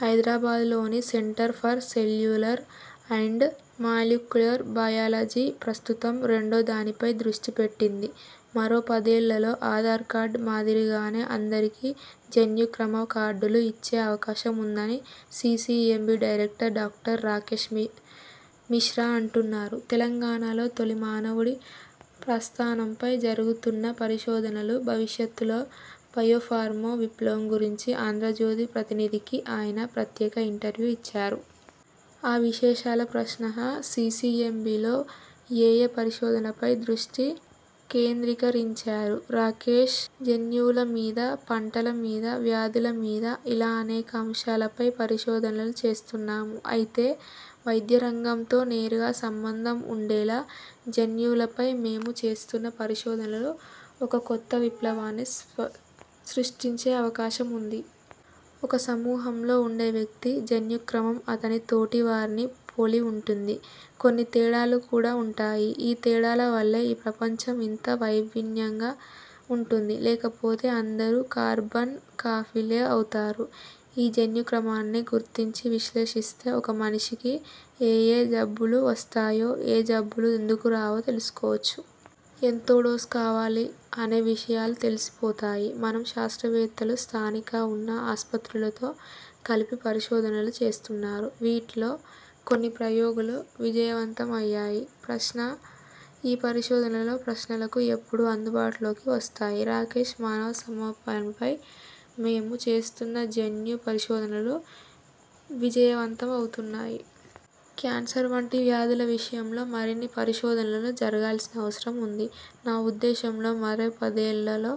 హైదరాబాద్లోని centre for cellular and molecular biology ప్రస్తుతం రెండో దానిపై దృష్టి పెట్టింది. మరో పదేళ్లలో ఆధార్ కార్డు మాదిరిగానే అందరికీ జన్యుక్రమ కార్డులు ఇచ్చే అవకాశం ఉందని CCMB director doctor Rakesh Mishra అంటున్నారు. తెలంగాణలో తొలి మానవుడి ప్రస్థానంపై జరుగుతున్న పరిశోధనలు, భవిష్యత్తులో బయోఫార్మా విప్లవం గురించి 'ఆంధ్రజ్యోతి' ప్రతినిధికి ఆయన ప్రత్యేక ఇంటర్వ్యూ ఇచ్చారు. ఆ విశేషాలు ప్రశ్నః: సీసీఎంబీలో ఏయే పరిశోధనలపై దృష్టి కేంద్రీకరించారు? రాకేశ్: జన్యువుల మీద, పంటల మీద, వ్యాధుల మీద ఇలా అనేక అంశాలపై పరిశోధనలు చేస్తున్నాం. అయితే వైద్యరంగంతో నేరుగా సంబంధం ఉండేలా జన్యువులపై మేము చేస్తున్న పరిశోధనలలో ఒక కొత్త విప్లవాన్ని సృష్టించే అవకాశముంది. ఒక సమూహంలో ఉండే వ్యక్తి జన్యుక్రమం అతని తోటివారిని పోలి ఉంటుంది. కొన్ని తేడాలు కూడా ఉంటాయి. ఈ తేడాల వల్లే ఈ ప్రపంచం ఇంత వైవిన్యంగా ఉంటుంది. లేకపోతే అందరూ కార్బన్ కాపీలే అవుతారు. ఈ జన్యుక్రమాన్ని గుర్తించి విశ్లేషిస్తే ఒక మనిషికి ఏయే జబ్బులు వస్తాయో, ఏ జబ్బులు ఎందుకు రావో తెలుసుకోవచ్చు. ఎంతో డోస్ కావాలి? అనే విషయాలు తెలిసిపోతాయి. మన శాస్త్రవేత్తలు స్థానిక ఉన్న ఆస్పత్రులతో కలిపి పరిశోధనలు చేస్తున్నారు. వీటిలో కొన్ని ప్రయోగులు విజయవంతమయ్యాయి. ప్రశ్న: ఈ పరిశోధనలో ప్రశ్నలకు ఎప్పుడు అందుబాటులోకి వస్తాయి? రాకేశ్: మానవ సమనపై మేము చేస్తున్న జన్యు పరిశోధనలు విజయవంతమవుతున్నాయి. క్యాన్సర్ వంటి వ్యాధుల విషయంలో మరిన్ని పరిశోధనలు జరగాల్సిన అవసరముంది. నా ఉద్దేశంలో మరో పదేళ్లలో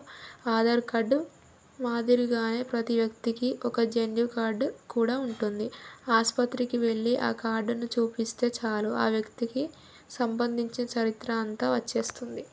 ఆధార్ కార్డు మాదిరిగానే ప్రతి వ్యక్తికీ ఒక జన్యుకార్డు కూడా ఉంటుంది. ఆస్పత్రికి వెళ్లి ఆ కార్డును చూపిస్తే చాలు ఆ వ్యక్తికి సంబంధించిన చరిత్ర అంతా వచ్చేస్తుంది.